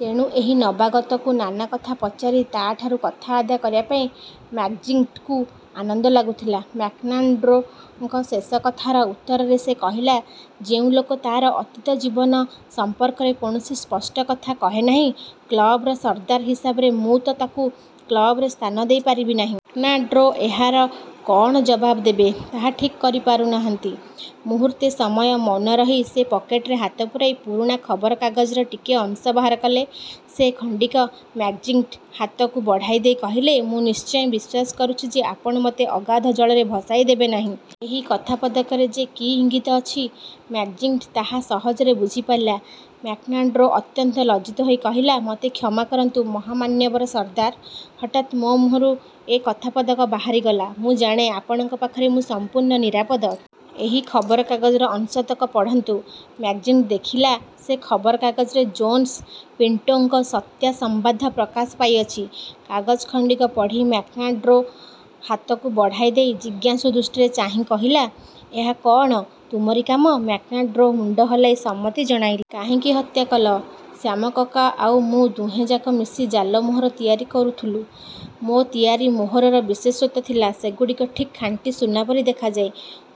ତେଣୁ ଏହି ନବାଗତକୁ ନାନା କଥା ପଚାରି ତାଠାରୁ କଥା ଆଦାୟ କରିବା ପାଇଁ ମ୍ୟାକ୍ଜିଣ୍ଟିକୁ ଆନନ୍ଦ ଲାଗୁଥିଲା। ମ୍ୟାକ୍ମାର୍ଡ଼ୋଙ୍କ ଶେଷ କଥାର ଉତ୍ତରରେ ସେ କହିଲା, ''ଯେଉଁ ଲୋକ ତାର ଅତୀତ ଜୀବନ ସମ୍ପର୍କରେ କୌଣସି ସ୍ପଷ୍ଟ କଥା କହେ ନାହିଁ, କ୍ଳବର ସର୍ଦ୍ଦାର ହିସାବରେ ମୁଁ ତ ତାକୁ କ୍ଳବରେ ସ୍ଥାନ ଦେଇପାରିବି ନାହିଁ। '' ମ୍ୟାକ୍ମାର୍ଡ଼ୋ ଏହାର କଅଣ ଜବାବ ଦେବେ, ତାହା ଠିକ୍ କରିପାରୁ ନାହାନ୍ତି। ମୁହୂର୍ତ୍ତେ ସମୟ ମୌନ ରହି ସେ ପକେଟରେ ହାତ ପୂରାଇ ପୁରୁଣା ଖବରକାଗଜର ଟିକିଏ ଅଂଶ ବାହାର କଲେ। ସେ ଖଣ୍ଡିକ ମ୍ୟାକ୍ଜିଣ୍ଟି ହାତକୁ ବଢ଼ାଇଦେଇ କହିଲେ, ''ମୁଁ ନିଶ୍ଚୟ ବିଶ୍ୱାସ କରୁଛି ଯେ, ଆପଣ ମୋତେ ଅଗାଧ ଜଳରେ ଭସାଇଦେବେ ନାହିଁ। '' ଏହି କଥାପଦକରେ ଯେ କି ଇଙ୍ଗିତ ଅଛି, ମ୍ୟାକ୍ଜିଣ୍ଟି ତାହା ସହଜରେ ବୁଝିପାରିଲା। '' ମ୍ୟାକ୍ମାର୍ଡ଼ୋ ଅତ୍ୟନ୍ତ ଲଜ୍ଜିତ ହୋଇ କହିଲା, ''ମୋତେ କ୍ଷମା କରନ୍ତୁ ମହାମାନ୍ୟବର ସର୍ଦ୍ଦାର! ହଠାତ୍ ମୋ ମୁହଁରୁ ଏ କଥାପଦକ ବାହାରିଗଲା। ମୁଁ ଜାଣେ, ଆପଣଙ୍କ ପାଖରେ ମୁଁ ସମ୍ପୂର୍ଣ୍ଣ ନିରାପଦ। ଏହି ଖବରକାଗଜର ଅଂଶତକ ପଢ଼ନ୍ତୁ। '' ମ୍ୟାକ୍ଜିଣ୍ଟି ଦେଖିଲା, ସେ ଖବରକାଗଜରେ ଜୋନ୍ସ ପିଣ୍ଟୋଙ୍କ ସତ୍ୟା ସମ୍ବାଦ ପ୍ରକାଶପାଇଅଛି। କାଗଜ ଖଣ୍ଡିକ ପଢ଼ି ମ୍ୟାକ୍ମାର୍ଡ଼ୋ ହାତକୁ ବଢ଼ାଇଦେଇ ଜିଜ୍ଞାସୁ ଦୃଷ୍ଟିରେ ଚାହିଁ କହିଲା–''ଏହା କଅଣ ତୁମରି କାମ? '' ମ୍ୟାକ୍ମାର୍ଡ଼ୋ ମୁଣ୍ଡ ହଲାଇ ସମ୍ମତି ଜଣାଇଲେ। ''କାହିଁକି ହତ୍ୟା କଲ? '' ''ଶ୍ୟାମ କକା ଆଉ ମୁଁ–ଦୁହେଁଯାକ ମିଶି ଜାଲମୋହର ତିଆରି କରୁଥିଲୁ। ମୋ ତିଆରି ମୋହରର ବିଶେଷତ୍ୱ ଥିଲା, ସେଗୁଡ଼ିକ ଠିକ୍ ଖାଣ୍ଟି ସୁନା ପରି ଦେଖାଯାଏ।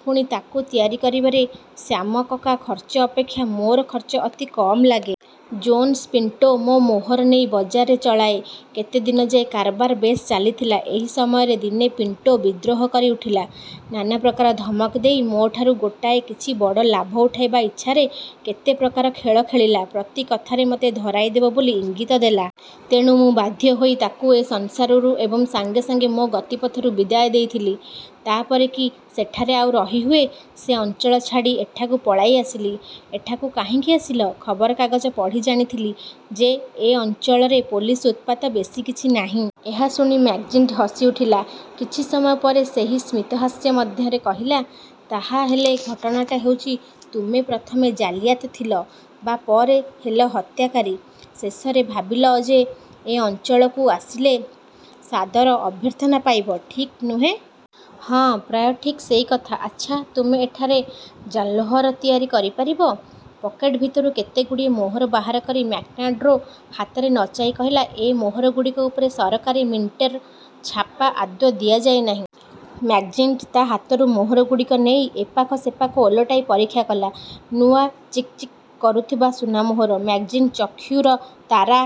ପୁଣି ତାକୁ ତିଆରି କରିବାରେ ଶ୍ୟାମ କକା ଖର୍ଚ୍ଚ ଅପେକ୍ଷା ମୋର ଖର୍ଚ୍ଚ ଅତି କମ୍ ଲାଗେ। ଜୋନ୍ସ ପିଣ୍ଟୋ ମୋ ମୋହର ନେଇ ବଜାରରେ ଚଳାଏ। କେତେଦିନ ଯାଏ କାରବାର ବେଶ୍ ଚାଲିଥିଲା। ଏହି ସମୟରେ ଦିନେ ପିଣ୍ଟୋ ବିଦ୍ରୋହ କରିଉଠିଲା। ନାନାପ୍ରକାର ଧମକ ଦେଇ ମୋଠାରୁ ଗୋଟାଏ କିଛି ବଡ଼ ଲାଭ ଉଠାଇବା ଇଚ୍ଛାରେ କେତେ ପ୍ରକାର ଖେଳ ଖେଳିଲା। ପ୍ରତି କଥାରେ ମୋତେ ଧରାଇଦେବ ବୋଲି ଇଙ୍ଗିତ ଦେଲା। ତେଣୁ ମୁଁ ବାଧ୍ୟହୋଇ ତାକୁ ଏ ସଂସାରରୁ ଏବଂ ସାଙ୍ଗେସାଙ୍ଗେ ମୋ ଗତିପଥରୁ ବିଦାୟ ଦେଇଥିଲି। ତା ପରେ କି ସେଠାରେ ଆଉ ରହି ହୁଏ! ସେ ଅଞ୍ଚଳ ଛାଡ଼ି ଏଠାକୁ ପଳାଇଆସିଲି। '' ''ଏଠାକୁ କାହିଁକି ଆସିଲ? '' ''ଖବରକାଗଜ ପଢ଼ି ଜାଣିଥିଲି ଯେ, ଏ ଅଞ୍ଚଳରେ ପୋଲିସ ଉତ୍ପାତ ବେଶି କିଛି ନାହିଁ-। ଏହା ଶୁଣି ମ୍ୟାକ୍ଜିଣ୍ଟି ହସିଉଠିଲା। କିଛି ସମୟ ପରେ ସେହି ସ୍ମିତହାସ୍ୟ ମଧ୍ୟରେ କହିଲା, ''ତାହା ହେଲେ ଘଟଣାଟା ହେଉଛି, ତୁମେ ପ୍ରଥମେ ଜାଲିୟାତ୍ ଥିଲ, ବା ପରେ ହେଲ ହତ୍ୟାକାରୀ। ଶେଷରେ ଭାବିଲ ଯେ, ଏ ଅଞ୍ଚଳକୁ ଆସିଲେ ସାଦର ଅଭ୍ୟର୍ଥନା ପାଇବ। ଠିକ୍ ନୁହେଁ? '' ''ହଁ, ପ୍ରାୟ ଠିକ୍ ସେଇ କଥା। '' ''ଆଚ୍ଛା, ତୁମେ ଏଠାରେ ଜାଲ୍ମୋହର ତିଆରି କରିପାରିବ? '' ପକେଟ ଭିତରୁ କେତେଗୁଡ଼ିଏ ମୋହର ବାହାର କରି ମ୍ୟାକ୍ମାର୍ଡ଼ୋ ହାତରେ ନଚାଇ କହିଲା, ''ଏ ମୋହରଗୁଡ଼ିକ ଉପରେ ସରକାରୀ ମିଣ୍ଟେର ଛାପା ଆଦୌ ଦିଆଯାଇ ନାହିଁ। '' ମ୍ୟାକ୍ଜିଣ୍ଟି ତା ହାତରୁ ମୋହରଗୁଡ଼ିକ ନେଇ ଏପାଖ ସେପାଖ ଓଲଟାଇ ପରୀକ୍ଷା କଲା। ନୂଆ ଚିକ୍ଚିକ୍ କରୁଥିବା ସୁନାମୋହର। ମ୍ୟାକ୍ଜିଣ୍ଟି ଚକ୍ଷୁର ତାରା